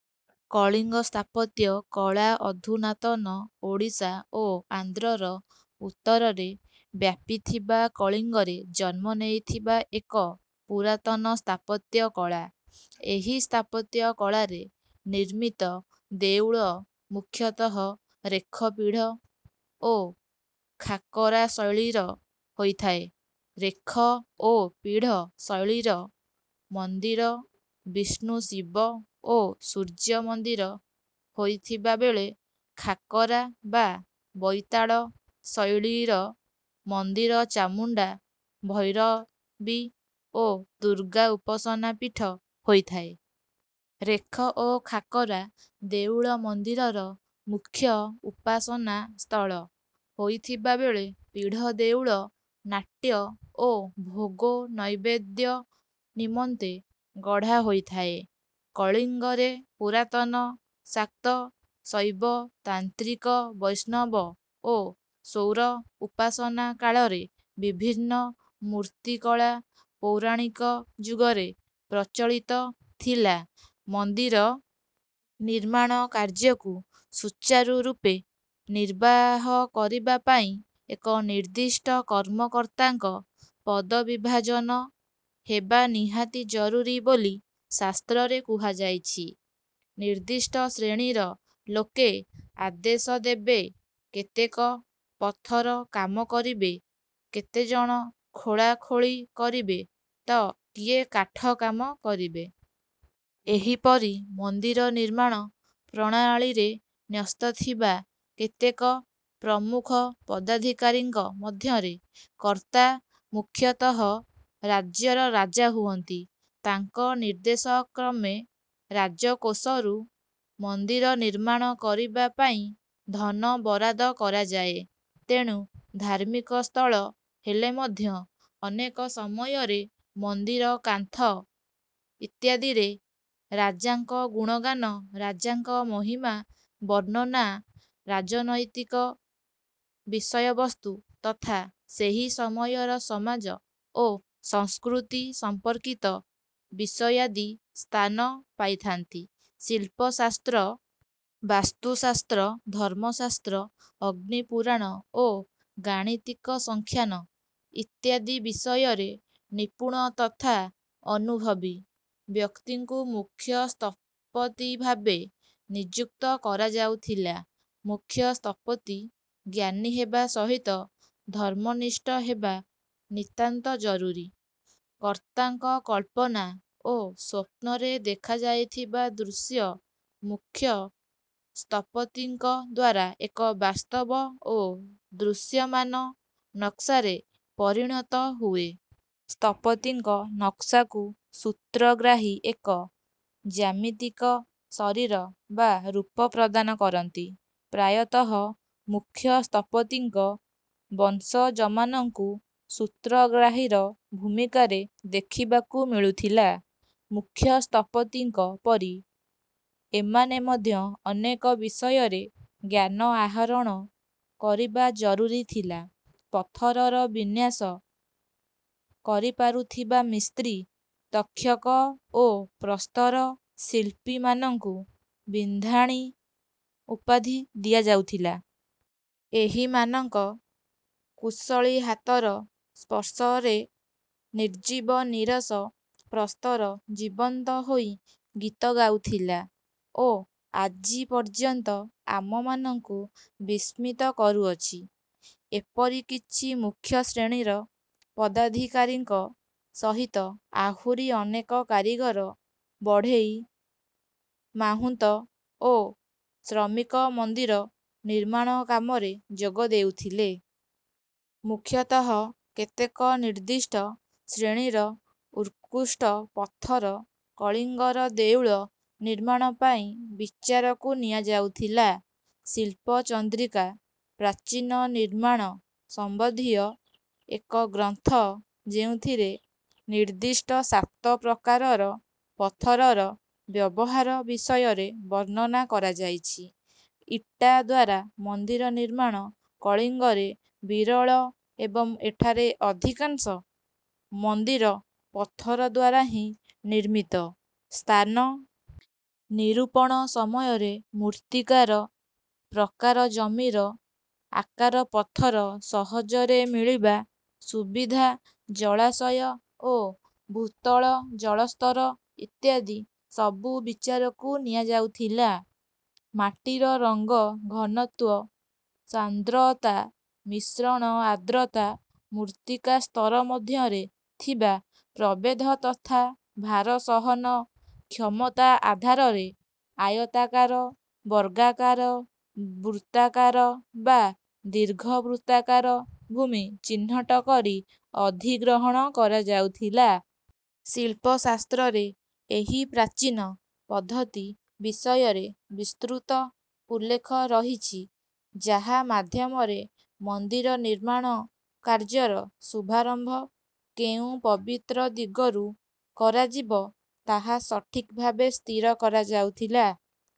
କଳିଙ୍ଗ ସ୍ଥାପତ୍ୟ କଳା ଅଧୁନାତନ ଓଡ଼ିଶା ଓ ଆନ୍ଧ୍ରର ଉତ୍ତରରେ ବ୍ୟାପିଥିବା କଳିଙ୍ଗରେ ଜନ୍ମ ନେଇଥିବା ଏକ ପୁରାତନ ସ୍ଥାପତ୍ୟ କଳା। ଏହି ସ୍ଥାପତ୍ୟ କଳାରେ ନିର୍ମିତ ଦେଉଳ ମୁଖ୍ୟତଃ ରେଖ ପୀଢ଼ ଓ ଖାକରା ଶୈଳୀର ହୋଇଥାଏ। ରେଖ ଓ ପୀଢ଼ ଶୈଳୀର ମନ୍ଦିର ବିଷ୍ଣୁ ଶିବ ଓ ସୂର୍ଯ୍ୟ ମନ୍ଦିର ହୋଇଥିବା ବେଳେ ଖାକରା ବା ବଇତାଳ ଶୈଳୀର ମନ୍ଦିର ଚାମୁଣ୍ଡା ଭୈରବୀ ଓ ଦୁର୍ଗା ଉପାସନା ପୀଠ ହୋଇଥାଏ। ରେଖ ଓ ଖାକରା ଦେଉଳ ମନ୍ଦିରର ମୁଖ୍ୟ ଉପାସନା ସ୍ଥଳ ହୋଇଥିବା ବେଳେ ପୀଢ଼ ଦେଉଳ ନାଟ୍ୟ ଓ ଭୋଗ ନୈବେଦ୍ୟ ନିମନ୍ତେ ଗଢ଼ାହୋଇଥାଏ। କଳିଙ୍ଗରେ ପୁରାତନ ଶାକ୍ତ ଶୈବ ତାନ୍ତ୍ରିକ ବୈଷ୍ଣବ ଓ ସୌର ଉପାସନା କାଳରେ ବିଭିନ୍ନ ମୂର୍ତ୍ତିକଳା ପୌରାଣିକ ଯୁଗରେ ପ୍ରଚଳିତ ଥିଲା। ମନ୍ଦିର ନିର୍ମାଣ କାର୍ଯ୍ୟକୁ ସୁଚାରୁ ରୂପେ ନିର୍ବାହ କରିବା ପାଇଁ ଏକ ନିର୍ଦ୍ଦିଷ୍ଟ କର୍ମକର୍ତ୍ତାଙ୍କ ପଦବିଭାଜନ ହେବା ନିହାତି ଜରୁରୀ ବୋଲି ଶାସ୍ତ୍ରରେ କୁହାଯାଇଛି। ନିର୍ଦ୍ଦିଷ୍ଟ ଶ୍ରେଣୀର ଲୋକେ ଆଦେଶ ଦେବେ କେତେକ ପଥର କାମ କରିବେ କେତେ ଜଣ ଖୋଳାଖୋଳି କରିବେ ତ କିଏ କାଠ କାମ କରିବେ। ଏହିପରି ମନ୍ଦିର ନିର୍ମାଣ ପ୍ରଣାଳୀରେ ନ୍ୟସ୍ତ ଥିବା କେତେକ ପ୍ରମୁଖ ପଦାଧିକାରୀଙ୍କ ମଧ୍ୟରେ କର୍ତ୍ତା ମୁଖ୍ୟତଃ ରାଜ୍ୟର ରାଜା ହୁଅନ୍ତି। ତାଙ୍କ ନିର୍ଦ୍ଦେଶକ୍ରମେ ରାଜକୋଷରୁ ମନ୍ଦିର ନିର୍ମାଣ କରିବା ପାଇଁ ଧନ ବରାଦ କରାଯାଏ। ତେଣୁ ଧାର୍ମିକ ସ୍ଥଳ ହେଲେ ମଧ୍ୟ ଅନେକ ସମୟରେ ମନ୍ଦିର କାନ୍ଥ ଇତ୍ୟାଦିରେ ରାଜାଙ୍କ ଗୁଣଗାନ ରାଜାଙ୍କ ମହିମା ବର୍ଣ୍ଣନା ରାଜନୈତିକ ବିଷୟବସ୍ତୁ ତଥା ସେହି ସମୟର ସମାଜ ଓ ସଂସ୍କୃତି ସମ୍ପର୍କିତ ବିଷୟାଦି ସ୍ଥାନ ପାଇଥାନ୍ତି। ଶିଳ୍ପଶାସ୍ତ୍ର ବାସ୍ତୁଶାସ୍ତ୍ର ଧର୍ମଶାସ୍ତ୍ର ଅଗ୍ନି ପୁରାଣ ଓ ଗାଣିତିକ ସଂଖ୍ୟାନ ଇତ୍ୟାଦି ବିଷୟରେ ନିପୁଣ ତଥା ଅନୁଭବୀ ବ୍ୟକ୍ତିଙ୍କୁ ମୁଖ୍ୟ ସ୍ଥପତି ଭାବେ ନିଯୁକ୍ତ କରାଯାଉଥିଲା। ମୁଖ୍ୟ ସ୍ଥପତି ଜ୍ଞାନୀ ହେବା ସହିତ ଧର୍ମନିଷ୍ଠ ହେବା ନିତାନ୍ତ ଜରୁରୀ। କର୍ତ୍ତାଙ୍କ କଳ୍ପନା ଓ ସ୍ୱପ୍ନରେ ଦେଖାଯାଇଥିବା ଦୃଶ୍ୟ ମୁଖ୍ୟ ସ୍ଥପତିଙ୍କ ଦ୍ୱାରା ଏକ ବାସ୍ତବ ଓ ଦୃଶ୍ୟମାନ ନକ୍ସାରେ ପରିଣତ ହୁଏ। ସ୍ଥପତିଙ୍କ ନକ୍ସାକୁ ସୂତ୍ରଗ୍ରାହୀ ଏକ ଜ୍ୟାମିତିକ ଶରୀର ବା ରୂପ ପ୍ରଦାନ କରନ୍ତି। ପ୍ରାୟତଃ ମୁଖ୍ୟ ସ୍ଥପତିଙ୍କ ବଂଶଜମାନଙ୍କୁ ସୂତ୍ରଗ୍ରାହୀର ଭୂମିକାରେ ଦେଖିବାକୁ ମିଳୁଥିଲା। ମୁଖ୍ୟ ସ୍ଥପତିଙ୍କ ପରି ଏମାନେ ମଧ୍ୟ ଅନେକ ବିଷୟରେ ଜ୍ଞାନ ଆହରଣ କରିବା ଜରୁରୀ ଥିଲା। ପଥରର ବିନ୍ୟାସ କରିପାରୁଥିବା ମିସ୍ତ୍ରୀ ତକ୍ଷକ ଓ ପ୍ରସ୍ତର ଶିଳ୍ପୀମାନଙ୍କୁ ବିନ୍ଧାଣୀ ଉପାଧି ଦିଆଯାଉଥିଲା। ଏହିମାନଙ୍କ କୁଶଳୀ ହାତର ସ୍ପର୍ଶରେ ନିର୍ଜୀବ ନୀରସ ପ୍ରସ୍ତର ଜୀବନ୍ତ ହୋଇ ଗୀତ ଗାଉଥିଲା ଓ ଆଜି ପର୍ଯ୍ୟନ୍ତ ଆମମାନଙ୍କୁ ବିସ୍ମିତ କରୁଅଛି। ଏପରି କିଛି ମୁଖ୍ୟ ଶ୍ରେଣୀର ପଦାଧିକାରୀଙ୍କ ସହିତ ଆହୁରି ଅନେକ କାରିଗର ବଢ଼େଇ ମାହୁନ୍ତ ଓ ଶ୍ରମିକ ମନ୍ଦିର ନିର୍ମାଣ କାମରେ ଯୋଗ ଦେଉଥିଲେ। ମୁଖ୍ୟତଃ କେତେକ ନିର୍ଦ୍ଦିଷ୍ଟ ଶ୍ରେଣୀର ଉତ୍କୃଷ୍ଟ ପଥର କଳିଙ୍ଗର ଦେଉଳ ନିର୍ମାଣ ପାଇଁ ବିଚାରକୁ ନିଆଯାଉଥିଲା। ଶିଳ୍ପ ଚନ୍ଦ୍ରିକା ପ୍ରାଚୀନ ନିର୍ମାଣ ସମ୍ବନ୍ଧୀୟ ଏକ ଗ୍ରନ୍ଥ ଯେଉଁଥିରେ ନିର୍ଦ୍ଦିଷ୍ଟ ସାତ ପ୍ରକାରର ପଥରର ବ୍ୟବହାର ବିଷୟରେ ବର୍ଣ୍ଣନା କରାଯାଇଛି। ଇଟା ଦ୍ୱାରା ମନ୍ଦିର ନିର୍ମାଣ କଳିଙ୍ଗରେ ବିରଳ ଏବଂ ଏଠାରେ ଅଧିକାଂଶ ମନ୍ଦିର ପଥର ଦ୍ୱାରା ହିଁ ନିର୍ମିତ। ସ୍ଥାନ ନିରୂପଣ ସମୟରେ ମୃତ୍ତିକାର ପ୍ରକାର ଜମିର ଆକାର ପଥର ସହଜରେ ମିଳିବା ସୁବିଧା ଜଳାଶୟ ଓ ଭୂତଳ ଜଳସ୍ତର ଇତ୍ୟାଦି ସବୁ ବିଚାରକୁ ନିଆଯାଉଥିଲା। ମାଟିର ରଙ୍ଗ ଘନତ୍ୱ ସାନ୍ଦ୍ରତା ମିଶ୍ରଣ ଆର୍ଦ୍ରତା ମୃତ୍ତିକା ସ୍ତର ମଧ୍ୟରେ ଥିବା ପ୍ରଭେଦ ତଥା ଭାରସହନ କ୍ଷମତା ଆଧାରରେ ଆୟତାକାର ବର୍ଗାକାର ବୃତ୍ତାକାର ବା ଦୀର୍ଘବୃତ୍ତାକାର ଭୂମି ଚିହ୍ନଟ କରି ଅଧିଗ୍ରହଣ କରାଯାଉଥିଲା। ଶିଳ୍ପଶାସ୍ତ୍ରରେ ଏହି ପ୍ରାଚୀନ ପଦ୍ଧତି ବିଷୟରେ ବିସ୍ତୃତ ଉଲ୍ଲେଖ ରହିଛି ଯାହା ମାଧ୍ୟମରେ ମନ୍ଦିର ନିର୍ମାଣ କାର୍ଯ୍ୟର ଶୁଭାରମ୍ଭ କେଉଁ ପବିତ୍ର ଦିଗରୁ କରାଯିବ ତାହା ସଠିକ୍ ଭାବେ ସ୍ଥିର କରାଯାଉଥିଲା।